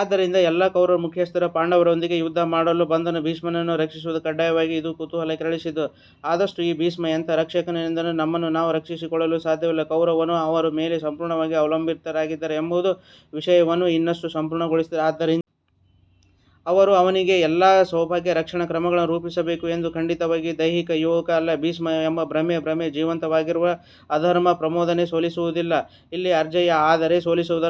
ಆದ್ದರಿಂದ ಎಲ್ಲಾ ಕೌರವರ ಮುಖ್ಯಸ್ಥರು ಪಾಂಡವರೊಡನೆ ಯುದ್ಧ ಮಾಡುವ ಬದಲು ಭೀಷ್ಮನನ್ನು ರಕ್ಷಿಸುವುದು ಕಡ್ಡಾಯವಾಗಿದೆ. ಇದು ಕುತೂಹಲ ಕೆರಳಿಸಿದೆ ಅಷ್ಟಕ್ಕೂ ಈ ಭೀಷ್ಮನು ಎಂತಹ ರಕ್ಷಕನು ತನ್ನನ್ನು ತಾನು ರಕ್ಷಿಸಿಕೊಳ್ಳಲೂ ಸಾಧ್ಯವಿಲ್ಲ ಕೌರವರೂ ಅವನ ಮೇಲೆ ಸಂಪೂರ್ಣವಾಗಿ ಅವಲಂಬಿತರಾಗಿದ್ದಾರೆ ಎಂಬುದು ವಿಷಯವನ್ನು ಇನ್ನಷ್ಟು ಸಂಕೀರ್ಣಗೊಳಿಸುತ್ತದೆ ಆದ್ದರಿಂದ ಅವರು ಅವನಿಗೆ ಎಲ್ಲಾ ಸಂಭಾವ್ಯ ರಕ್ಷಣಾ ಕ್ರಮಗಳನ್ನು ರೂಪಿಸಬೇಕು ಇದು ಖಂಡಿತವಾಗಿಯೂ ದೈಹಿಕ ಯೋಧ ಅಲ್ಲ ಭೀಷ್ಮ ಎಂಬುದು ಭ್ರಮೆ ಭ್ರಮೆ ಜೀವಂತವಾಗಿರುವವರೆಗೆ ಅಧರ್ಮದ ಪ್ರಚೋದನೆಗಳನ್ನು ಸೋಲಿಸಲಾಗುವುದಿಲ್ಲ ಇಲ್ಲಿ ಅಜೇಯ ಎಂದರೆ ಸೋಲಿಸುವುದು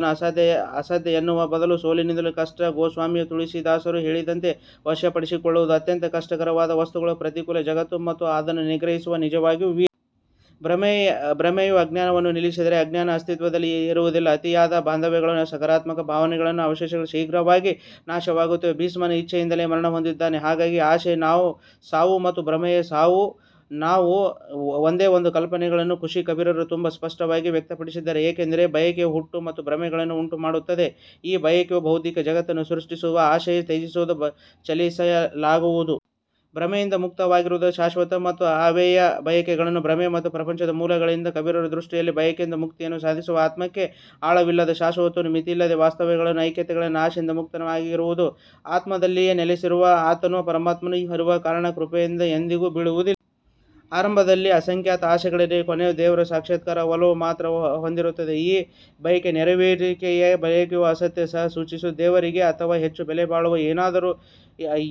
ಅಸಾಧ್ಯ ಎನ್ನುವ ಬದಲು ಸೋಲಿಸುವುದು ಕಷ್ಟ ಗೋಸ್ವಾಮಿ ತುಳಸಿದಾಸರು ಹೇಳಿದಂತೆ ವಶಪಡಿಸಿಕೊಳ್ಳುವುದು ಅತ್ಯಂತ ಕಷ್ಟಕರವಾದ ವಸ್ತುವಿನ ಪ್ರತಿಕೂಲ ಜಗತ್ತು ಮತ್ತು ಅದನ್ನು ನಿಗ್ರಹಿಸುವವನು ನಿಜವಾಗಿಯೂ ವೀರ. ಭ್ರಮೆಯು ಅಜ್ಞಾನವನ್ನು ನಿಲ್ಲಿಸಿದರೆ ಅಜ್ಞಾನವು ಅಸ್ತಿತ್ವದಲ್ಲಿಲ್ಲ ಮತ್ತು ಅತಿಯಾದ ಬಾಂಧವ್ಯದಂತಹ ನಕಾರಾತ್ಮಕ ಭಾವನೆಗಳ ಅವಶೇಷಗಳು ಶೀಘ್ರವಾಗಿ ನಾಶವಾಗುತ್ತವೆ ಭೀಷ್ಮನು ಇಚ್ಛೆಯಿಂದಲೇ ಮರಣ ಹೊಂದುತ್ತಾನೆ ಹಾಗಾಗಿ ಆಸೆಯ ಸಾವು ಮತ್ತು ಭ್ರಮೆಯ ಸಾವು ಒಂದೇ ಈ ಕಲ್ಪನೆಯನ್ನು ಋಷಿ ಕಬೀರರು ತುಂಬಾ ಸ್ಪಷ್ಟವಾಗಿ ವ್ಯಕ್ತಪಡಿಸಿದ್ದಾರೆ ಏಕೆಂದರೆ ಬಯಕೆಯು ಹುಟ್ಟು ಮತ್ತು ಭ್ರಮೆಯನ್ನು ಉಂಟುಮಾಡುತ್ತದೆ ಮತ್ತು ಬಯಕೆಯೇ ಭೌತಿಕ ಜಗತ್ತನ್ನು ಸೃಷ್ಟಿಸುತ್ತದೆ, ಆಸೆಯನ್ನು ತ್ಯಜಿಸುವವನು ಜಯಿಸಲಾಗದವನು. ಭ್ರಮೆಯಿಂದ ಮುಕ್ತವಾದದ್ದು ಶಾಶ್ವತ ಮತ್ತು ಅವ್ಯಕ್ತ ಬಯಕೆಯು ಭ್ರಮೆ ಮತ್ತು ಪ್ರಪಂಚದ ಮೂಲವಾಗಿದೆ ಕಬೀರರ ದೃಷ್ಟಿಯಲ್ಲಿ ಬಯಕೆಯಿಂದ ಮುಕ್ತಿಯನ್ನು ಸಾಧಿಸುವ ಆತ್ಮವು ಆಳವಿಲ್ಲದ ಶಾಶ್ವತವಾದ ಮಿತಿಯಿಲ್ಲದ ವಾಸ್ತವದೊಂದಿಗೆ ಐಕ್ಯವಾಗಿದೆ. ಆಸೆಯಿಂದ ಮುಕ್ತನಾದವನು ಆತ್ಮದಲ್ಲಿಯೇ ನೆಲೆಸುತ್ತಾನೆ ಮತ್ತು ಆತನು ಪರಮಾತ್ಮನಲ್ಲಿ ಇರುವ ಕಾರಣ ಕೃಪೆಯಿಂದ ಎಂದಿಗೂ ಬೀಳುವುದಿಲ್ಲ. ಆರಂಭದಲ್ಲಿ ಅಸಂಖ್ಯ ಆಸೆಗಳಿದ್ದರೂ ಕೊನೆಗೆ ದೇವರ ಸಾಕ್ಷಾತ್ಕಾರದ ಹಂಬಲ ಮಾತ್ರ ಉಳಿಯುತ್ತದೆ. ಈ ಬಯಕೆಯ ನೆರವೇರಿಕೆಯು ಬಯಕೆಯ ಅಂತ್ಯವನ್ನು ಸಹ ಸೂಚಿಸುತ್ತದೆ ದೇವರಿಗಿಂತ ಹೆಚ್ಚಿನ ಅಥವಾ ಹೆಚ್ಚು ಬೆಲೆಬಾಳುವ ಏನಾದರೂ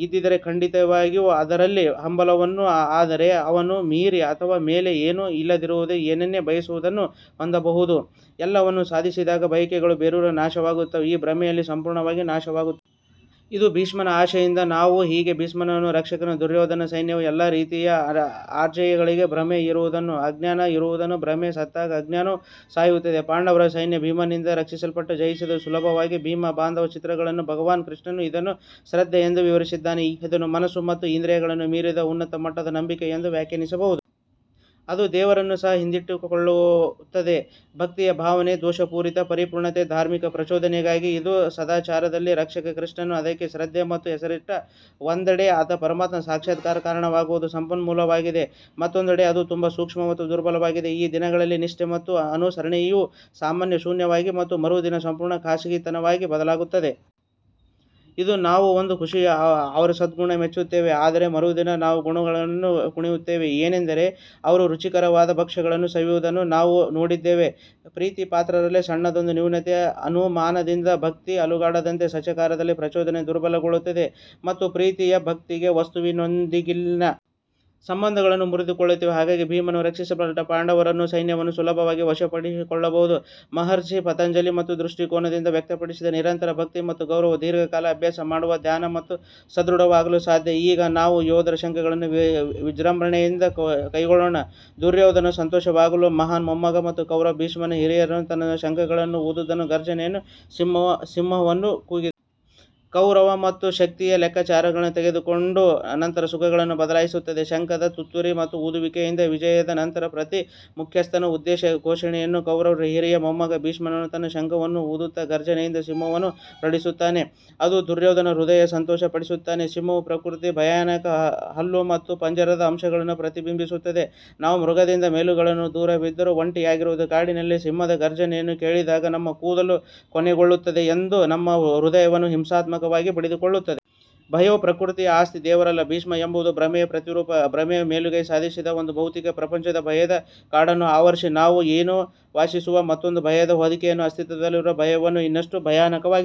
ಇದ್ದಿದ್ದರೆ ಖಂಡಿತವಾಗಿಯೂ ಅದಕ್ಕಾಗಿ ಹಂಬಲಿಸುತ್ತಿದ್ದರು ಆದರೆ ಅವನನ್ನು ಮೀರಿ ಅಥವಾ ಮೇಲೆ ಏನೂ ಇಲ್ಲದಿದ್ದಾಗ ಇನ್ನೇನು ಬಯಸಬಹುದು ಹೊಂದಬಹುದಾದ ಎಲ್ಲವನ್ನೂ ಸಾಧಿಸಿದಾಗ ಬಯಕೆಯ ಬೇರುಗಳು ನಾಶವಾಗುತ್ತವೆ ಮತ್ತು ಭ್ರಮೆಯು ಸಂಪೂರ್ಣವಾಗಿ ನಾಶವಾಗುತ್ತದೆ. ಇದು ಭೀಷ್ಮನ ಆಸೆಯಿಂದ ಆದ ಸಾವು ಹೀಗೆ ಭೀಷ್ಮನಿಂದ ರಕ್ಷಿಸಲ್ಪಟ್ಟ ದುರ್ಯೋಧನರ ಸೈನ್ಯವು ಎಲ್ಲ ರೀತಿಯಲ್ಲೂ ಅಜೇಯವಾಗಿದೆ ಭ್ರಮೆ ಇರುವವರೆಗೆ ಅಜ್ಞಾನ ಇರುತ್ತದೆ ಭ್ರಮೆ ಸತ್ತಾಗ ಅಜ್ಞಾನವೂ ಸಾಯುತ್ತದೆ ಪಾಂಡವರ ಸೈನ್ಯವು ಭೀಮನಿಂದ ರಕ್ಷಿಸಲ್ಪಟ್ಟಿತು, ಜಯಿಸುವುದು ಸುಲಭವಾಗಿದೆ ಭೀಮ್ ಭಾವದ ಚಿತ್ರವಾಗಿದೆ ಭಗವಾನ್ ಕೃಷ್ಣನು ಇದನ್ನು ಶ್ರದ್ಧೆ ಎಂದು ವಿವರಿಸಿದ್ದಾನೆ, ಇದನ್ನು ಮನಸ್ಸು ಮತ್ತು ಇಂದ್ರಿಯಗಳನ್ನು ಮೀರಿದ ಉನ್ನತ ಮಟ್ಟದ ನಂಬಿಕೆ ಎಂದು ವ್ಯಾಖ್ಯಾನಿಸಬಹುದು. ಅದು ದೇವರನ್ನೂ ಸಹ ಹಿಡಿದಿಟ್ಟುಕೊಳ್ಳುತ್ತದೆ ಭಕ್ತಿಯ ಭಾವವು ದೋಷರಹಿತ ಪರಿಪೂರ್ಣತೆಯ ಧಾರ್ಮಿಕ ಪ್ರಚೋದನೆಯಾಗಿದೆ ಇದು ಸದಾಚಾರದ ರಕ್ಷಕ ಶ್ರೀಕೃಷ್ಣನು ಅದಕ್ಕೆ ಶ್ರದ್ಧೆ ಎಂದು ಹೆಸರಿಟ್ಟನು ಒಂದೆಡೆ ಅದು ಪರಮಾತ್ಮನ ಸಾಕ್ಷಾತ್ಕಾರಕ್ಕೆ ಕಾರಣವಾಗುವಷ್ಟು ಸಂಪನ್ಮೂಲವಾಗಿದೆ, ಮತ್ತೊಂದೆಡೆ ಅದು ತುಂಬಾ ಸೂಕ್ಷ್ಮ ಮತ್ತು ದುರ್ಬಲವಾಗಿದೆ, ಈ ದಿನಗಳಲ್ಲಿ ನಿಷ್ಠೆ ಮತ್ತು ಅನುಸರಣೆಯು ಸಾಮಾನ್ಯವಾಗಿ ಶೂನ್ಯವಾಗಿ ಮತ್ತು ಮರುದಿನ ಸಂಪೂರ್ಣ ಖಾಸಗಿತನವಾಗಿ ಬದಲಾಗುತ್ತದೆ. ಇಂದು ನಾವು ಒಬ್ಬ ಋಷಿಯನ್ನು ಅವರ ಸದ್ಗುಣಕ್ಕಾಗಿ ಮೆಚ್ಚುತ್ತೇವೆ ಆದರೆ ಮರುದಿನ ನಾವು ಗೊಣಗುತ್ತೇವೆ ಮತ್ತು ಕುಣಿಯುತ್ತೇವೆ ಏಕೆಂದರೆ ಅವರು ರುಚಿಕರವಾದ ಭಕ್ಷ್ಯಗಳನ್ನು ಸವಿಯುವುದನ್ನು ನಾವು ನೋಡಿದ್ದೇವೆ. ಪ್ರೀತಿಪಾತ್ರರಲ್ಲಿ ಸಣ್ಣದೊಂದು ನ್ಯೂನತೆಯ ಅನುಮಾನದಿಂದ ಭಕ್ತಿ ಅಲುಗಾಡುತ್ತದೆ ಸದಾಚಾರದ ಪ್ರಚೋದನೆಯು ದುರ್ಬಲಗೊಳ್ಳುತ್ತದೆ ಮತ್ತು ಪ್ರೀತಿಯ ಭಕ್ತಿಯ ವಸ್ತುವಿನೊಂದಿಗಿನ ಸಂಬಂಧಗಳು ಮುರಿದುಹೋಗುತ್ತವೆ ಹಾಗಾಗಿ ಭೀಮನಿಂದ ರಕ್ಷಿಸಲ್ಪಟ್ಟ ಪಾಂಡವರ ಸೈನ್ಯವನ್ನು ಸುಲಭವಾಗಿ ವಶಪಡಿಸಿಕೊಳ್ಳಬಹುದು ಮಹರ್ಷಿ ಪತಂಜಲಿ ಇದೇ ದೃಷ್ಟಿಕೋನವನ್ನು ವ್ಯಕ್ತಪಡಿಸಿದ್ದಾರೆ ನಿರಂತರ ಭಕ್ತಿ ಮತ್ತು ಗೌರವದಿಂದ ದೀರ್ಘಕಾಲ ಅಭ್ಯಾಸ ಮಾಡುವ ಧ್ಯಾನ ಮಾತ್ರ ದೃಢವಾಗಿರಲು ಸಾಧ್ಯ ಈಗ ನಾವು ಯೋಧರ ಶಂಖಗಳ ವಿಜೃಂಭಣೆಯನ್ನು ಕೇಳೋಣ ದುರ್ಯೋಧನರಿಗೆ ಸಂತೋಷವಾಗಲು ಅವನ ಮಹಾನ್ ಮೊಮ್ಮಗ ಮತ್ತು ಕೌರವ ಭೀಷ್ಮನ ಹಿರಿಯನು ತನ್ನ ಶಂಖವನ್ನು ಊದಿದನು, ಘರ್ಜನೆಯಂತೆ ಸಿಂಹವನ್ನು ಕೂಗಿದನು. ಕೌರವರು ತಮ್ಮ ಶಕ್ತಿಯ ಲೆಕ್ಕಾಚಾರವನ್ನು ತೆಗೆದುಕೊಂಡ ನಂತರ ಶಂಖಗಳನ್ನು ಊದಲಾಗುತ್ತದೆ ಶಂಖಗಳ ತುತ್ತೂರಿ ಊದುವಿಕೆಯು ವಿಜಯದ ನಂತರ ಪ್ರತಿ ಮುಖ್ಯಸ್ಥರ ಉದ್ದೇಶದ ಘೋಷಣೆಯಾಗಿದೆ. ಕೌರವರ ಹಿರಿಯ ಮೊಮ್ಮಗ ಭೀಷ್ಮನು ತನ್ನ ಶಂಖವನ್ನು ಊದುತ್ತಾ ಘರ್ಜನೆಯಂತಹ ಸಿಂಹವನ್ನು ಹೊರಡಿಸುತ್ತಾನೆ, ಅದು ದುರ್ಯೋಧನರ ಹೃದಯವನ್ನು ಸಂತೋಷಪಡಿಸುತ್ತದೆ. ಸಿಂಹವು ಪ್ರಕೃತಿಯ ಭಯಾನಕ ಹಲ್ಲು ಮತ್ತು ಪಂಜದ ಅಂಶವನ್ನು ಪ್ರತಿನಿಧಿಸುತ್ತದೆ ನಾವು ಮೃಗದಿಂದ ಮೈಲುಗಳಷ್ಟು ದೂರದಲ್ಲಿದ್ದರೂ ಇನ್ನೂ ಒಂಟಿಯಾಗಿರುವ ಕಾಡಿನಲ್ಲಿ ಸಿಂಹದ ಘರ್ಜನೆಯನ್ನು ಕೇಳಿದಾಗ ನಮ್ಮ ಕೂದಲು ಕೊನೆಗೊಳ್ಳುತ್ತದೆ ಮತ್ತು ನಮ್ಮ ಹೃದಯವು ಹಿಂಸಾತ್ಮಕವಾಗಿ ಬಡಿಯುತ್ತದೆ. ಭಯವು ಪ್ರಕೃತಿಯ ಆಸ್ತಿ ದೇವರಲ್ಲ ಭೀಷ್ಮ ಎಂಬುದು ಭ್ರಮೆಯ ಪ್ರತಿರೂಪ ಭ್ರಮೆಯು ಮೇಲುಗೈ ಸಾಧಿಸಿದರೆ ಅದು ಭೌತಿಕ ಪ್ರಪಂಚದ ಭಯದ ಕಾಡನ್ನು ಆವರಿಸುತ್ತದೆ, ಅದು ನಾವು ವಾಸಿಸುವ ಮತ್ತೊಂದು ಭಯದ ಹೊದಿಕೆಯಲ್ಲಿ ಅಸ್ತಿತ್ವದಲ್ಲಿರುವ ಭಯವನ್ನು ಇನ್ನಷ್ಟು ಭಯಾನಕವಾಗಿಸುತ್ತದೆ.